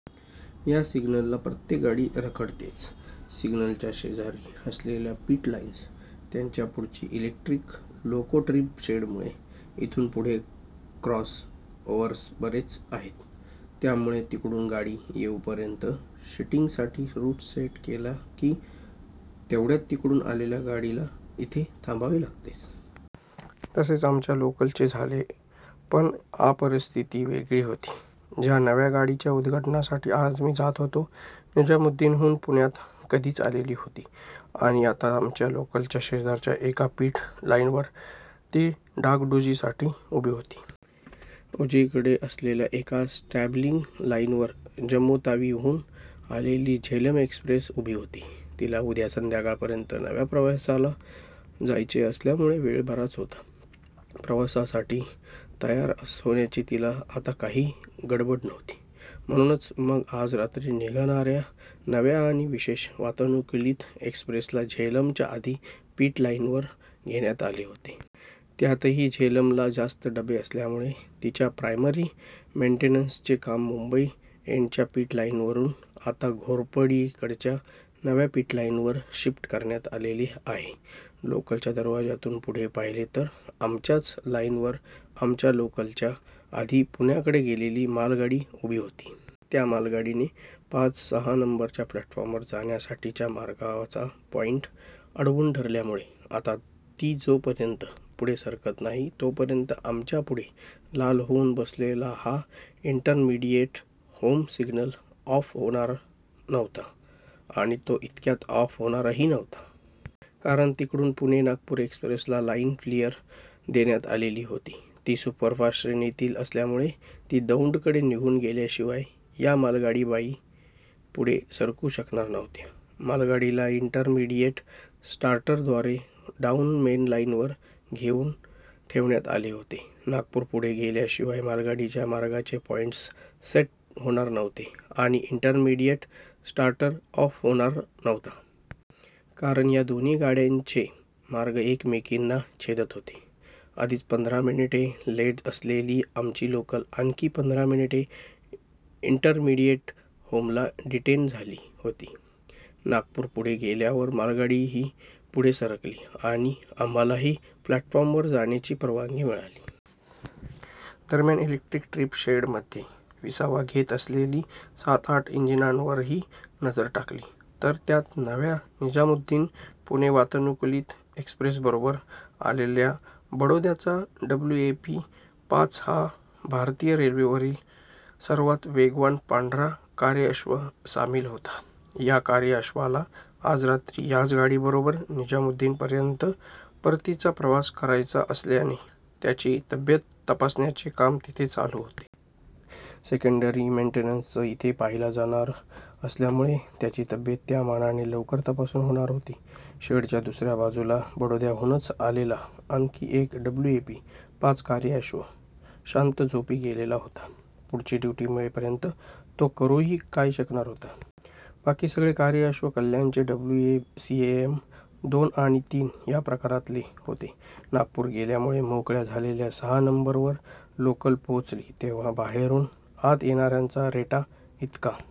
या सिग्नलला प्रत्येक गाडी रखडतेच. सिग्नलच्या शेजारी असलेल्या पिट लाईन्स, त्याच्या पुढची इलेक्ट्रिक लोको ट्रीप शेडमुळे इथून पुढे क्रॉस ओव्हर्स बरेच आहेत. त्यामुळे तिकडून गाडी येऊपर्यंत शंटिंगसाठी रूट सेट केला की, तेवढ्यात तिकडून आलेल्या गाडीला इथे थांबावे लागतेच. तसेच आमच्या लोकलचे झाले. पण आ परिस्थिती वेगळी होती. ज्या नव्या गाडीच्या उद्घाटनासाठी आज मी जात होतो, निजामुद्दीनहून पुण्यात कधीच आलेली होती आणि आता आमच्या लोकलच्या शेजारच्या एका पिट लाईनवर ती डागडुजीसाठी उभी होती. उजवीकडे असलेल्या एका स्टॅब्लिंग लाईनवर जम्मुतावीहून आलेली झेलम एक्सप्रेस उभी होती. तिला उद्या संध्याकाळपर्यंत नव्या प्रवासाला जायचे असल्यामुळे वेळ बराच होता. प्रवासासाठी तयार होण्याची तिला आता काहीच गडबड नव्हती. म्हणूनच मग आज रात्री निघणाऱ्या नव्या आणि विशेष वातानुकूलित एक्सप्रेसला झेलमच्या आधी पिटलाईनवर घेण्यात आले होते. त्यातही झेलमला जास्त डबे असल्यामुळे तिच्या प्रायमरी मेंटेनंसचे काम मुंबई एंडच्या पिटलाईनवरून आता घोरपडीकडच्या नव्या पिटलाईनवर शिफ्ट करण्यात आलेले आहे. लोकलच्या दरवाज्यातून पुढे पाहिले तर, आमच्याच लाईनवर आमच्या लोकलच्या आधी पुण्याकडे गेलेली मालगाडी उभी होती. त्या मालगाडीने पाच-सहा नंबरच्या प्लॅटफॉर्मवर जाण्यासाठीच्या मार्गाचा पॉईंट अडवून धरल्यामुळे आता ती जोपर्यंत पुढे सरकत नाही, तोपर्यंत आमच्या पुढे लाल होऊन बसलेला हा इंटरमीडिएट होम सिग्नल ऑफ होणार नव्हता. आणि तो इतक्यात ऑफ होणारही नव्हता. कारण तिकडून पुणे-नागपूर एक्सप्रेसला लाईन क्लिअर देण्यात आलेली होती. ती सुपरफास्ट श्रेणीतील असल्यामुळे ती दौंडकडे निघून गेल्याशिवाय या मालगाडीबाई पुढे सरकू शकणार नव्हत्या. मालगाडीला इंटरमीडिएट स्टार्टरद्वारे डाऊन मेनलाईनवर रोखून ठेवण्यात आले होते. नागपूर पुढे गेल्याशिवाय मालगाडीच्या मार्गाचे पॉईंटस् सेट होणार नव्हते आणि इंटरमीडिएट स्टार्टर ऑफ होणार नव्हता. कारण या दोन्ही गाड्यांचे मार्ग एकमेकींना छेदत होते. आधीच पंधरा मिनिटे लेट असलेली आमची लोकल आणखी पंधरा मिनिटे इंटरमीडिएट होमला डिटेन झाली होती. नागपूर पुढे गेल्यावर मालगाडीही पुढे सरकली आणि आम्हालाही प्लॅटफॉर्मवर जाण्याची परवानगी मिळाली. दरम्यान, इलेक्ट्रिक ट्रीप शेडमध्ये विसावा घेत असलेली सात-आठ इंजिनांवरही नजर टाकली, तर त्यात नव्या निजामुद्दीन-पुणे वातानुकूलित एक्सप्रेसबरोबर आलेला बडोद्याचा डब्ल्यूएपी-पाच हा भारतीय रेल्वेवरील सर्वांत वेगवान पांढरा कार्यअश्व सामील होता. या कार्यअश्वाला आज रात्री याच गाडीबरोबर निजामुद्दीनपर्यंत परतीचा प्रवास करायचा असल्याने त्याची तब्येत तपासण्याचे काम तिथे चालू होते. सेकंडरी मेन्टेनंसच इथे पाहिला जाणार असल्यामुळे त्याची तब्येत त्या मानाने लवकर तपासून होणार होती. शेडच्या दुसऱ्या बाजूला बडोद्याहूनच आलेला आणखी एक डब्ल्यूएपी-पाच कार्यअश्व शांत झोपी गेलेला होता. पुढची ड्युटी मिळेपर्यंत तो करूही काय शकणार होता? बाकी सगळे कार्यअश्व कल्याणचे डब्ल्यूसीएएम-दोन आणि तीन या प्रकारातले होते. नागपूर गेल्यामुळे मोकळ्या झालेल्या सहा नंबरवर लोकल पोहचली तेव्हा बाहेरून आत येणाऱ्यांचा रेटा इतका